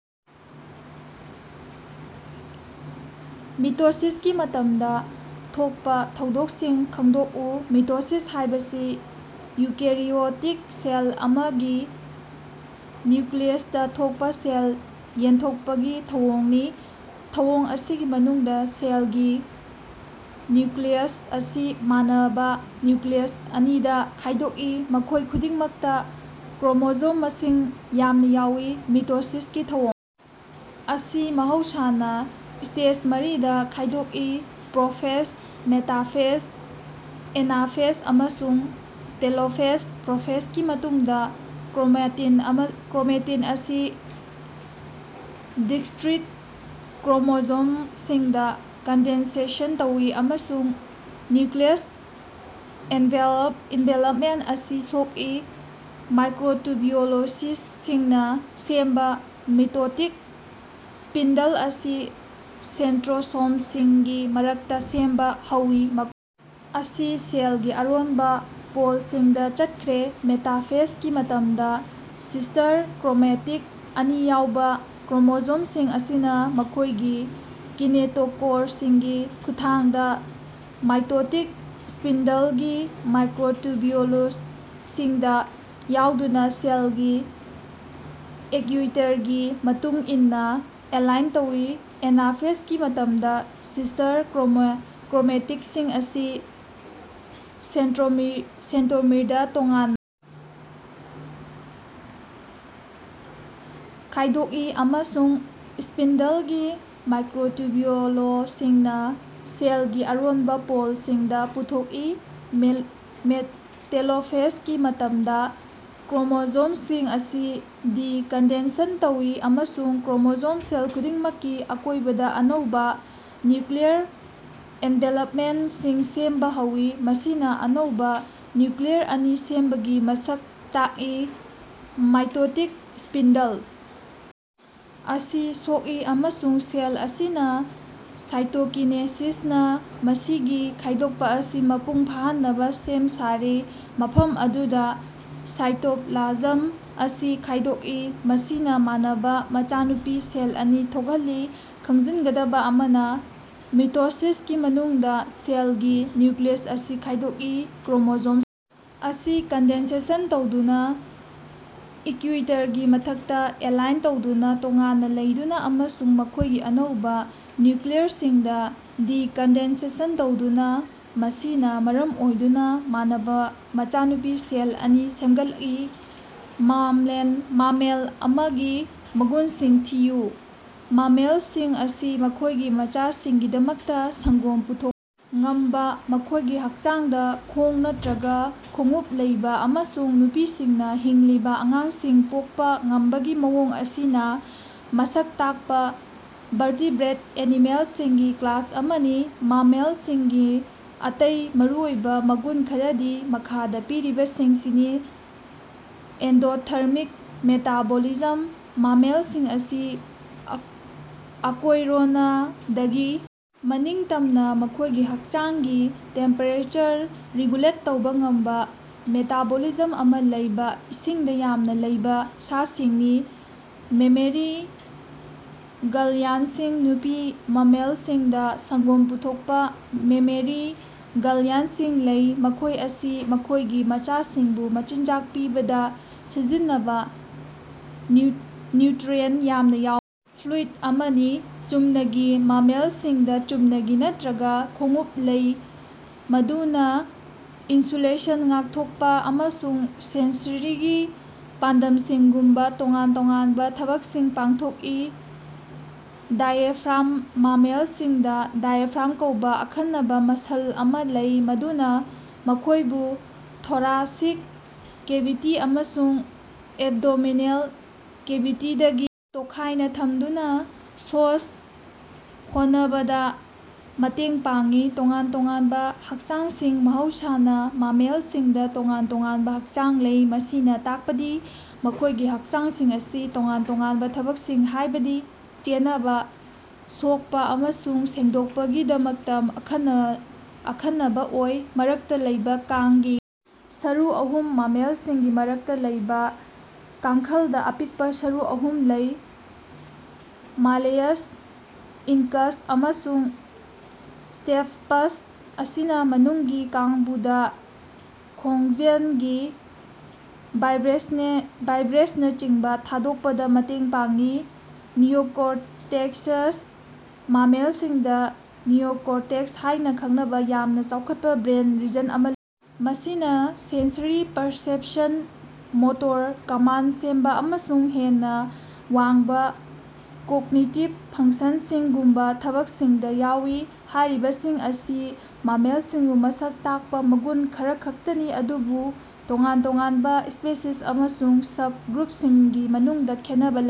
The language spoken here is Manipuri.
ꯃꯤꯇꯣꯁꯤꯁꯀꯤ ꯃꯇꯝꯗꯥ ꯊꯣꯛꯄꯥ ꯊꯧꯗꯣꯛꯁꯤꯡ ꯈꯪꯗꯣꯛꯎ꯫ ꯃꯤꯇꯣꯁꯤꯁ ꯍꯥꯏꯕꯁꯤ ꯏꯎꯀꯦꯔꯤꯑꯣꯇꯤꯛ ꯁꯦꯜ ꯑꯃꯒꯤ ꯅ꯭ꯌꯨꯛꯂꯤꯌꯁꯇꯥ ꯊꯣꯛꯄ ꯁꯦꯜ ꯌꯦꯟꯊꯣꯛꯄꯒꯤ ꯊꯧꯑꯣꯡꯅꯤ꯫ ꯊꯧꯑꯣꯡ ꯑꯁꯤꯒꯤ ꯃꯅꯨꯡꯗꯥ ꯁꯦꯜꯒꯤ ꯅ꯭ꯌꯨꯛꯂꯤꯌꯁ ꯑꯁꯤ ꯃꯥꯟꯅꯕꯥ ꯅ꯭ꯌꯨꯛꯂꯤꯌꯁ ꯑꯅꯤꯗꯥ ꯈꯥꯏꯗꯣꯛꯏ, ꯃꯈꯣꯏ ꯈꯨꯗꯤꯡꯃꯛꯇꯥ ꯀ꯭ꯔꯣꯃꯣꯖꯣꯝ ꯃꯁꯤꯡ ꯌꯥꯝꯅ ꯌꯥꯎꯏ꯫ ꯃꯤꯇꯣꯁꯤꯁꯀꯤ ꯊꯧꯑꯣꯡ ꯑꯁꯤ ꯃꯍꯧꯁꯥꯅꯥ ꯁ꯭ꯇꯦꯖ ꯃꯔꯤꯗꯥ ꯈꯥꯏꯗꯣꯛꯏ ꯄ꯭ꯔꯣꯐꯦꯖ, ꯃꯦꯇꯥꯐꯦꯖ, ꯑꯦꯅꯥꯐꯦꯖ ꯑꯃꯁꯨꯡ ꯇꯦꯂꯣꯐꯦꯖ꯫ ꯄ꯭ꯔꯣꯐꯦꯖꯒꯤ ꯃꯅꯨꯡꯗꯥ ꯀ꯭ꯔꯣꯃꯥꯇꯤꯟ ꯑꯁꯤ ꯗꯤꯁꯛꯔꯤꯠ ꯀ꯭ꯔꯣꯃꯣꯖꯣꯝꯁꯤꯡꯗꯥ ꯀꯟꯗꯦꯟꯁꯦꯁꯟ ꯇꯧꯏ ꯑꯃꯁꯨꯡ ꯅ꯭ꯌꯨꯛꯂꯤꯌꯁ ꯑꯦꯅꯚꯦꯂꯄꯃꯦꯟꯇ ꯑꯁꯤ ꯁꯣꯛꯏ꯫ ꯃꯥꯏꯀ꯭ꯔꯣꯇꯨꯕꯤꯎꯂꯁꯤꯡꯅꯥ ꯁꯦꯝꯕꯥ ꯃꯤꯇꯣꯇꯤꯛ ꯁ꯭ꯄꯤꯟꯗꯜ ꯑꯁꯤ ꯁꯦꯟꯇꯔꯣꯁꯣꯝꯁꯤꯡꯒꯤ ꯃꯔꯛꯇꯥ ꯁꯦꯝꯕ ꯍꯧꯏ, ꯃ ꯑꯁꯤ ꯁꯦꯜꯒꯤ ꯑꯔꯣꯟꯕ ꯄꯣꯜꯁꯤꯡꯗꯥ ꯆꯠꯈ꯭ꯔꯦ꯫ ꯃꯦꯇꯥꯐꯦꯖꯒꯤ ꯃꯇꯝꯗꯥ, ꯁꯤꯁ꯭ꯇꯔ ꯀ꯭ꯔꯣꯃꯥꯇꯤꯛ ꯑꯅꯤ ꯌꯥꯎꯕ ꯀ꯭ꯔꯣꯃꯣꯖꯣꯝꯁꯤꯡ ꯑꯁꯤꯅꯥ ꯃꯈꯣꯏꯒꯤ ꯀꯤꯅꯦꯇꯣꯀꯣꯔꯁꯤꯡꯒꯤ ꯈꯨꯠꯊꯥꯡꯗꯥ ꯃꯥꯏꯇꯣꯇꯤꯛ ꯁ꯭ꯄꯤꯟꯗꯂꯒꯤ ꯃꯥꯏꯀꯔꯣꯇꯨꯕꯤꯎꯂꯁꯤꯡꯗꯥ ꯌꯥꯎꯗꯨꯅꯥ ꯁꯦꯜꯒꯤ ꯏꯛꯌꯨꯏꯇꯔꯒꯤ ꯃꯇꯨꯡ ꯏꯟꯅꯥ ꯑꯦꯂꯥꯏꯟ ꯇꯧꯏ꯫ ꯑꯦꯅꯥꯐꯦꯖꯒꯤ ꯃꯇꯝꯗꯥ, ꯁꯤꯁ꯭ꯇꯔ ꯀ꯭ꯔꯣꯃꯥꯇꯤꯛꯁꯤꯡ ꯑꯁꯤ ꯁꯦꯟꯇꯔꯣꯃꯤꯔꯗꯥ ꯇꯣꯉꯥꯟꯅꯥ ꯈꯥꯏꯗꯣꯛꯏ, ꯑꯃꯁꯨꯡ ꯁ꯭ꯄꯤꯟꯗꯜꯒꯤ ꯃꯥꯏꯀꯔꯣꯇꯨꯕꯤꯎꯂꯁꯤꯡꯅꯥ ꯁꯦꯜꯒꯤ ꯑꯔꯣꯟꯕꯥ ꯄꯣꯜꯁꯤꯡꯗꯥ ꯄꯨꯊꯣꯛꯏ꯫ ꯇꯦꯂꯣꯐꯦꯖꯒꯤ ꯃꯇꯝꯗꯥ ꯀ꯭ꯔꯣꯃꯣꯖꯣꯝꯁꯤꯡ ꯑꯁꯤ ꯗꯤ-ꯀꯟꯗꯦꯟꯁꯟ ꯇꯧꯏ, ꯑꯃꯁꯨꯡ ꯀ꯭ꯔꯣꯃꯣꯖꯣꯝ ꯁꯦꯜ ꯈꯨꯗꯤꯡꯃꯛꯀꯤ ꯑꯀꯣꯏꯕꯗꯥ ꯑꯅꯧꯕꯥ ꯅ꯭ꯌꯨꯛꯂꯤꯌꯔ ꯑꯦꯅꯚꯦꯂꯄꯃꯦꯟꯇꯁꯤꯡ ꯁꯦꯝꯕꯥ ꯍꯧꯏ, ꯃꯁꯤꯅꯥ ꯑꯅꯧꯕꯥ ꯅ꯭ꯌꯨꯛꯂꯤꯌꯔ ꯑꯅꯤ ꯁꯦꯝꯕꯒꯤ ꯃꯁꯛ ꯇꯥꯛꯏ꯫ ꯃꯥꯏꯇꯣꯇꯤꯛ ꯁ꯭ꯄꯤꯟꯗꯜ ꯑꯁꯤ ꯁꯣꯛꯏ ꯑꯃꯁꯨꯡ ꯁꯦꯜ ꯑꯁꯤꯅꯥ ꯁꯥꯏꯇꯣꯀꯤꯅꯦꯁꯤꯁꯅꯥ ꯃꯁꯤꯒꯤ ꯈꯥꯏꯗꯣꯛꯄꯥ ꯑꯁꯤ ꯃꯄꯨꯡ ꯐꯥꯍꯟꯅꯕꯥ ꯁꯦꯝ ꯁꯥꯔꯤ, ꯃꯐꯝ ꯑꯗꯨꯗꯥ ꯁꯥꯏꯇꯣꯞꯂꯥꯖꯝ ꯑꯁꯤ ꯈꯥꯏꯗꯣꯛꯏ, ꯃꯁꯤꯅꯥ ꯃꯥꯟꯅꯕꯥ ꯃꯆꯥꯅꯨꯄꯤ ꯁꯦꯜ ꯑꯅꯤ ꯊꯣꯛꯍꯜꯂꯤ꯫ ꯈꯪꯖꯤꯟꯒꯗꯕ ꯑꯃꯅꯥ, ꯃꯤꯇꯣꯁꯤꯁꯀꯤ ꯃꯅꯨꯡꯗꯥ, ꯁꯦꯜꯒꯤ ꯅ꯭ꯌꯨꯛꯂꯤꯌꯁ ꯑꯁꯤ ꯈꯥꯏꯗꯣꯛꯏ, ꯀ꯭ꯔꯣꯃꯣꯖꯣꯝ ꯑꯁꯤ ꯀꯟꯗꯦꯟꯁꯦꯁꯟ ꯇꯧꯗꯨꯅꯥ ꯏꯛꯌꯨꯏꯇꯔꯒꯤ ꯃꯊꯛꯇꯥ ꯑꯦꯂꯥꯏꯟ ꯇꯧꯗꯨꯅꯥ, ꯇꯣꯉꯥꯟꯅꯥ ꯂꯩꯗꯨꯅꯥ ꯑꯃꯁꯨꯡ ꯃꯈꯣꯏꯒꯤ ꯑꯅꯧꯕ ꯅ꯭ꯌꯨꯛꯂꯤꯌꯔꯁꯤꯡꯗꯥ ꯗꯤ-ꯀꯟꯗꯦꯟꯁꯦꯁꯟ ꯇꯧꯗꯨꯅꯥ, ꯃꯁꯤꯅꯥ ꯃꯔꯝ ꯑꯣꯏꯗꯨꯅꯥ ꯃꯥꯟꯅꯕꯥ ꯃꯆꯥꯅꯨꯄꯤ ꯁꯦꯜ ꯑꯅꯤ ꯁꯦꯝꯒꯠꯂꯛꯏ꯫ ꯃꯥꯝꯃꯦꯜ ꯑꯃꯒꯤ ꯃꯒꯨꯟꯁꯤꯡ ꯊꯤꯌꯨ꯫ ꯃꯥꯝꯃꯦꯜꯁꯤꯡ ꯑꯁꯤ ꯃꯈꯣꯏꯒꯤ ꯃꯆꯥꯁꯤꯡꯒꯤꯗꯃꯛꯇꯥ ꯁꯪ꯭ꯒꯣꯝ ꯄꯨ ꯉꯝꯕꯥ, ꯃꯈꯣꯏꯒꯤ ꯍꯛꯆꯥꯡꯗꯥ ꯈꯣꯡ ꯅꯠꯇ꯭ꯔꯒ ꯈꯣꯡꯎꯞ ꯂꯩꯕ ꯑꯃꯁꯨꯡ ꯅꯨꯄꯤꯁꯤꯡꯅꯥ ꯍꯤꯡꯂꯤꯕ ꯑꯉꯥꯡꯁꯤꯡ ꯄꯣꯛꯄꯥ ꯉꯝꯕꯒꯤ ꯃꯑꯣꯡ ꯑꯁꯤꯅꯥ ꯃꯁꯛ ꯇꯥꯛꯄꯥ ꯚꯔꯇꯤꯕ꯭ꯔꯦꯠ ꯑꯦꯅꯤꯃꯦꯜꯁꯤꯡꯒꯤ ꯀ꯭ꯂꯥꯁ ꯑꯃꯅꯤ꯫ ꯃꯥꯝꯃꯦꯜꯁꯤꯡꯒꯤ ꯑꯇꯩ ꯃꯔꯨꯑꯣꯏꯕ ꯃꯒꯨꯟ ꯈꯔꯗꯤ ꯃꯈꯥꯗꯥ ꯄꯤꯔꯤꯕꯁꯤꯡꯁꯤꯅꯤ ꯑꯦꯟꯗꯣꯊꯔꯃꯤꯛ ꯃꯦꯇꯥꯕꯣꯂꯤꯖꯝ ꯃꯥꯝꯃꯦꯜꯁꯤꯡ ꯑꯁꯤ ꯑꯀꯣꯏꯔꯣꯅꯗꯒꯤ ꯃꯅꯤꯡꯇꯝꯅꯥ ꯃꯈꯣꯏꯒꯤ ꯍꯛꯆꯥꯡꯒꯤ ꯇꯦꯝꯄꯦꯔꯦꯆꯔ ꯔꯤꯒꯨꯂꯦꯠ ꯇꯧꯕ ꯉꯝꯕ ꯃꯦꯇꯥꯕꯣꯂꯤꯖꯝ ꯑꯃꯥ ꯂꯩꯕ ꯏꯁꯤꯡꯗ ꯌꯥꯝꯅ ꯂꯩꯕ ꯁꯥꯁꯤꯡꯅꯤ꯫ ꯃꯦꯃꯦꯔꯤ ꯒ꯭ꯜꯌꯥꯟꯗꯁꯤꯡ ꯅꯨꯄꯤ ꯃꯥꯝꯃꯦꯜꯁꯤꯡꯗꯥ ꯁꯪ꯭ꯒꯣꯝ ꯄꯨꯊꯣꯛꯄꯥ ꯃꯦꯃꯦꯔꯤ ꯒ꯭ꯜꯌꯥꯟꯗꯁꯤꯡ ꯂꯩ, ꯃꯈꯣꯏ ꯑꯁꯤ ꯃꯈꯣꯏꯒꯤ ꯃꯆꯥꯁꯤꯡꯕꯨ ꯃꯆꯤꯟꯖꯥꯛ ꯄꯤꯕꯗꯥ ꯁꯤꯖꯤꯟꯅꯕꯥ ꯅ꯭ꯌꯨꯠꯔꯤꯑꯦꯟꯇ ꯌꯥꯝꯅꯥ ꯐ꯭ꯂꯨꯏꯗ ꯑꯃꯅꯤ꯫ ꯆꯨꯝꯅꯒꯤ ꯃꯥꯝꯃꯦꯜꯁꯤꯡꯗꯥ ꯆꯨꯝꯅꯒꯤ ꯅꯠꯇ꯭ꯔꯒ ꯈꯣꯡꯎꯞ ꯂꯩ, ꯃꯗꯨꯅꯥ ꯏꯟꯁꯨꯂꯦꯁꯟ, ꯉꯥꯛꯊꯣꯛꯄꯥ, ꯑꯃꯁꯨꯡ ꯁꯦꯟꯁꯔꯤꯒꯤ ꯄꯥꯟꯗꯝꯁꯤꯡꯒꯨꯝꯕꯥ ꯇꯣꯉꯥꯟ ꯇꯣꯉꯥꯟꯕ ꯊꯕꯛꯁꯤꯡ ꯄꯥꯡꯊꯣꯛꯏ꯫ ꯗꯥꯏꯑꯦꯐ꯭ꯔꯥꯝ ꯃꯥꯝꯃꯦꯜꯁꯤꯡꯗꯥ ꯗꯥꯏꯑꯦꯐ꯭ꯔꯥꯝ ꯀꯧꯕ ꯑꯈꯟꯅꯕꯥ ꯃꯁꯜ ꯑꯃꯥ ꯂꯩ, ꯃꯗꯨꯅꯥ ꯃꯈꯣꯏꯕꯨ ꯊꯣꯔꯥꯁꯤꯛ ꯀꯦꯚꯤꯇꯤ ꯑꯃꯁꯨꯡ ꯑꯦꯕꯗꯣꯃꯤꯅꯦꯜ ꯀꯦꯚꯤꯇꯤꯗꯒꯤ ꯇꯣꯈꯥꯏꯅꯥ ꯊꯝꯗꯨꯅꯥ ꯁ꯭ꯣꯁ ꯍꯣꯅꯕꯗꯥ ꯃꯇꯦꯡ ꯄꯥꯡꯏ꯫ ꯇꯣꯉꯥꯟ ꯇꯣꯉꯥꯟꯕꯥ ꯍꯥꯛꯆꯥꯡꯁꯤꯡ ꯃꯍꯧꯁꯥꯅꯥ ꯃꯥꯝꯃꯦꯜꯁꯤꯡꯗꯥ ꯇꯣꯉꯥꯟ ꯇꯣꯉꯥꯟꯕꯥ ꯍꯥꯛꯆꯥꯡ ꯂꯩ, ꯃꯁꯤꯅꯥ ꯇꯥꯛꯄꯗꯤ ꯃꯈꯣꯏꯒꯤ ꯍꯥꯛꯆꯥꯡꯁꯤꯡ ꯑꯁꯤ ꯇꯣꯉꯥꯟ ꯇꯣꯉꯥꯟꯕꯥ ꯊꯕꯛꯁꯤꯡ ꯍꯥꯏꯕꯗꯤ ꯆꯦꯅꯕꯥ, ꯁꯣꯛꯄꯥ ꯑꯃꯁꯨꯡ ꯁꯦꯡꯗꯣꯛꯄꯒꯤꯗꯃꯛꯇꯥ ꯑꯈꯟꯅꯕ ꯑꯣꯏ꯫ ꯃꯔꯛꯇꯥ ꯂꯩꯕ ꯀꯥꯡꯒꯤ ꯁꯔꯨ ꯑꯍꯨꯝ ꯃꯥꯝꯃꯦꯜꯁꯤꯡꯒꯤ ꯃꯔꯛꯇꯥ ꯂꯩꯕ ꯀꯥꯡꯈꯂꯗꯥ ꯑꯄꯤꯛꯄꯥ ꯁꯔꯨ ꯑꯍꯨꯝ ꯂꯩ; ꯃꯥꯂꯦꯌꯁ, ꯏꯅꯀꯁ ꯑꯃꯁꯨꯡ ꯁ꯭ꯇꯦꯄꯁ ꯑꯁꯤꯅꯥ ꯃꯅꯨꯡꯒꯤ ꯀꯥꯡꯕꯨꯗꯥ ꯈꯣꯟꯖꯦꯜꯒꯤ ꯚꯥꯏꯕ꯭ꯔꯦꯁꯅꯁꯤꯡ ꯊꯥꯗꯣꯛꯄꯗꯥ ꯃꯇꯦꯡ ꯄꯥꯡꯏ꯫ ꯅꯤꯑꯣꯀꯣꯔꯇꯦꯛꯁꯠ ꯃꯥꯝꯃꯦꯜꯁꯤꯡꯗꯥ ꯅꯤꯑꯣꯀꯣꯔꯇꯦꯛꯁ ꯍꯥꯏꯅꯥ ꯈꯪꯅꯕꯥ ꯌꯥꯝꯅ ꯆꯥꯎꯈꯠꯄ ꯕ꯭ꯔꯦꯟ ꯔꯤꯖꯟ ꯑꯃꯥ ꯂꯩ꯫ ꯃꯁꯤꯅꯥ ꯁꯦꯟꯁꯔꯤ ꯄꯔꯁꯦꯄꯁꯟ, ꯃꯣꯇꯣꯔ ꯀꯃꯥꯟꯗ ꯁꯦꯝꯕ, ꯑꯃꯁꯨꯡ ꯍꯦꯟꯅꯥ ꯋꯥꯡꯕ ꯀꯣꯒꯅꯤꯇꯤꯕ ꯐꯪꯁꯟꯁꯤꯡꯒꯨꯝꯕꯥ ꯊꯕꯛꯁꯤꯡꯗꯥ ꯌꯥꯎꯏ꯫ ꯍꯥꯏꯔꯤꯕꯁꯤꯡ ꯑꯁꯤ ꯃꯥꯝꯃꯦꯜꯁꯤꯡꯕꯨ ꯃꯁꯛ ꯇꯥꯛꯄꯥ ꯃꯒꯨꯟ ꯈꯔꯈꯛꯇꯅꯤ, ꯑꯗꯨꯕꯨ ꯇꯣꯉꯥꯟ ꯇꯣꯉꯥꯟꯕꯥ ꯁ꯭ꯄꯦꯁꯤꯁ ꯑꯃꯁꯨꯡ ꯁꯕ-ꯒ꯭ꯔꯨꯄꯁꯤꯡꯒꯤ ꯃꯅꯨꯡꯗꯥ ꯈꯦꯠꯅꯕ ꯂꯩ꯫